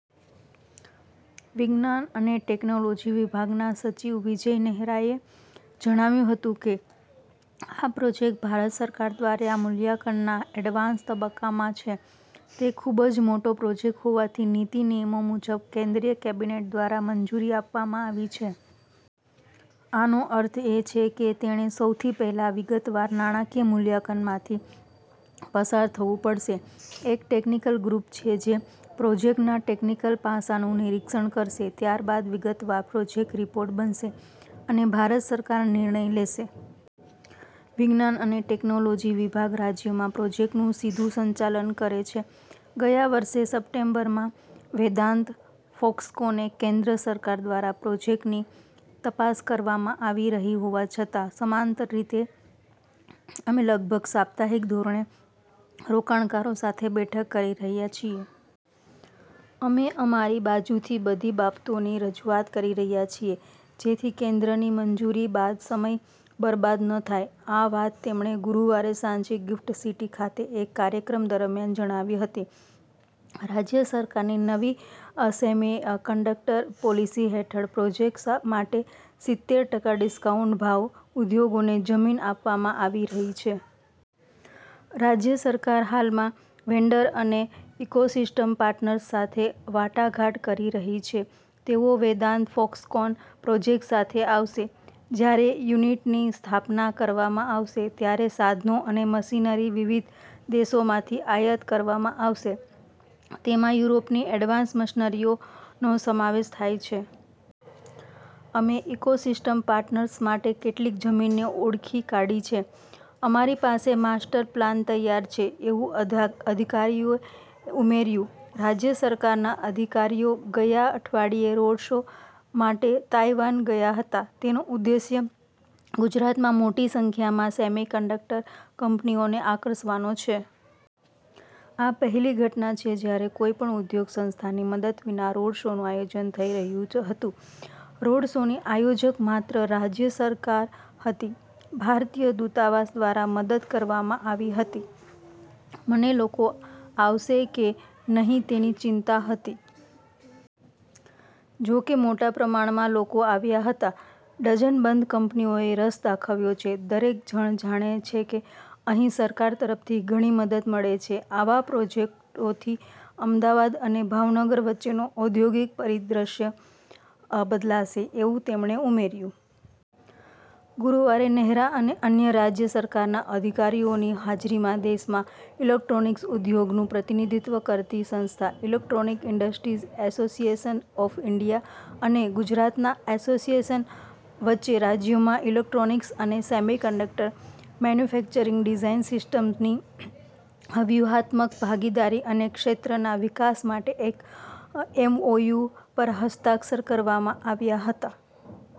વિજ્ઞાન અને ટેકનોલોજી વિભાગના સચિવ વિજય નેહરાએ જણાવ્યું હતું કે, "આ પ્રોજેક્ટ ભારત સરકાર દ્વારા મૂલ્યાંકનના એડવાન્સ તબક્કામાં છે. તે ખૂબ જ મોટો પ્રોજેક્ટ હોવાથી નીતિ-નિયમો મુજબ, કેન્દ્રીય કેબિનેટ દ્વારા મંજૂરી આપવામાં આવી છે. આનો અર્થ એ છે કે તેણે સૌથી પહેલા વિગતવાર નાણાકીય મૂલ્યાંકનમાંથી પસાર થવું પડશે. એક ટેકનિકલ ગ્રૂપ છે જે પ્રોજેક્ટના ટેકનિકલ પાસાનું નિરિક્ષણ કરશે. ત્યારબાદ વિગતવાર પ્રોજેક્ટ રિપોર્ટ બનશે અને ભારત સરકાર નિર્ણય લેશે." વિજ્ઞાન અને ટેકનોલોજી વિભાગ રાજ્યમાં પ્રોજેક્ટનું સીધું સંચાલન કરે છે. ગયા વર્ષે સપ્ટેમ્બરમાં વેદાંત- ફોક્સકોને કેન્દ્ર સરકાર દ્વારા પ્રોજેક્ટની તપાસ કરવામાં આવી રહી હોવા છતાં, સમાંતર રીતે, અમે લગભગ સાપ્તાહિક ધોરણે રોકાણકારો સાથે બેઠક કરી રહ્યા છીએ. અમે અમારી બાજુથી બધી બાબતોની રજૂઆત કરી રહ્યા છીએ, જેથી કેન્દ્રની મંજૂરી બાદ સમય બરબાદ ન થાય. આ વાત તેમણે ગુરુવારે સાંજે ગિફ્ટ સિટી ખાતે એક કાર્યક્રમ દરમિયાન જણાવી હતી. રાજ્ય સરકારની નવી 'સેમિકન્ડક્ટર પોલીસી' હેઠળ પ્રોજેક્ટ માટે સિત્તેર ટકા ડિસ્કાઉન્ટ ભાવ ઉદ્યોગોને જમીન આપવામાં આવી રહી છે. રાજ્ય સરકાર હાલમાં વેન્ડર અને ઇકોસિસ્ટમ પાર્ટનર્સ સાથે વાટાઘાટ કરી રહી છે જેઓ વેદાંત-ફોક્સકોન પ્રોજેક્ટ સાથે આવશે. "જ્યારે યુનિટની સ્થાપના કરવામાં આવશે, ત્યારે સાધનો અને મશીનરી વિવિધ દેશોમાંથી આયાત કરવામાં આવશે. તેમાં યુરોપની એડવાન્સ મશીનરીઓનો સમાવેશ થાય છે. અમે ઇકોસિસ્ટમ પાર્ટનર્સ માટે કેટલીક જમીનને ઓળખી કાઢી છે. અમારી પાસે માસ્ટર પ્લાન તૈયાર છે" એવું અધિકારીએ ઉમેર્યું. રાજ્ય સરકારના અધિકારીઓ ગયા અઠવાડિયે "રોડ શો" માટે તાઇવાન ગયા હતા. તેનો ઉદ્દેશ્ય ગુજરાતમાં મોટી સંખ્યામાં સેમિકન્ડક્ટર કંપનીઓને આકર્ષવાનો છે. "આ પહેલી ઘટના છે જ્યારે કોઈપણ ઉદ્યોગ સંસ્થાની મદદ વિના રોડ શોનું આયોજન થઇ રહ્યુ હતુ. રોડશોની આયોજક માત્ર રાજ્ય સરકાર હતી, ભારતીય દૂતાવાસ દ્વારા મદદ કરવામાં આવી હતી. મને લોકો આવશે કે નહીં તેની ચિંતા હતી. જોકે મોટા પ્રમાણમાં લોકો આવ્યા હતા. ડઝનબંધ કંપનીઓએ રસ દાખવ્યો છે. દરેક જણ જાણે છે કે અહીં સરકાર તરફથી ઘણી મદદ મળે છે. આવા પ્રોજેક્ટોથી અમદાવાદ અને ભાવનગર વચ્ચેનો ઔદ્યોગિક પરિદ્રશ્ય બદલાશે. " એવું તેમણે ઉમેર્યું. ગુરુવારે નેહરા અને અન્ય રાજ્ય સરકારના અધિકારીઓની હાજરીમાં દેશમાં ઇલેક્ટ્રોનિક્સ ઉદ્યોગનું પ્રતિનિધિત્વ કરતી સંસ્થા – electronic industries association of India – અને ગુજરાતના એસોસિએશન વચ્ચે રાજ્યમાં ઇલેક્ટ્રોનિક્સ અને સેમિકન્ડક્ટર મેન્યુફેક્ચરિંગ ડિઝાઇન સિસ્ટમ્સની વ્યૂહાત્મક ભાગીદારી અને ક્ષેત્રના વિકાસ માટે એક એમઓયુ પર હસ્તાક્ષર કરવામાં આવ્યા હતા.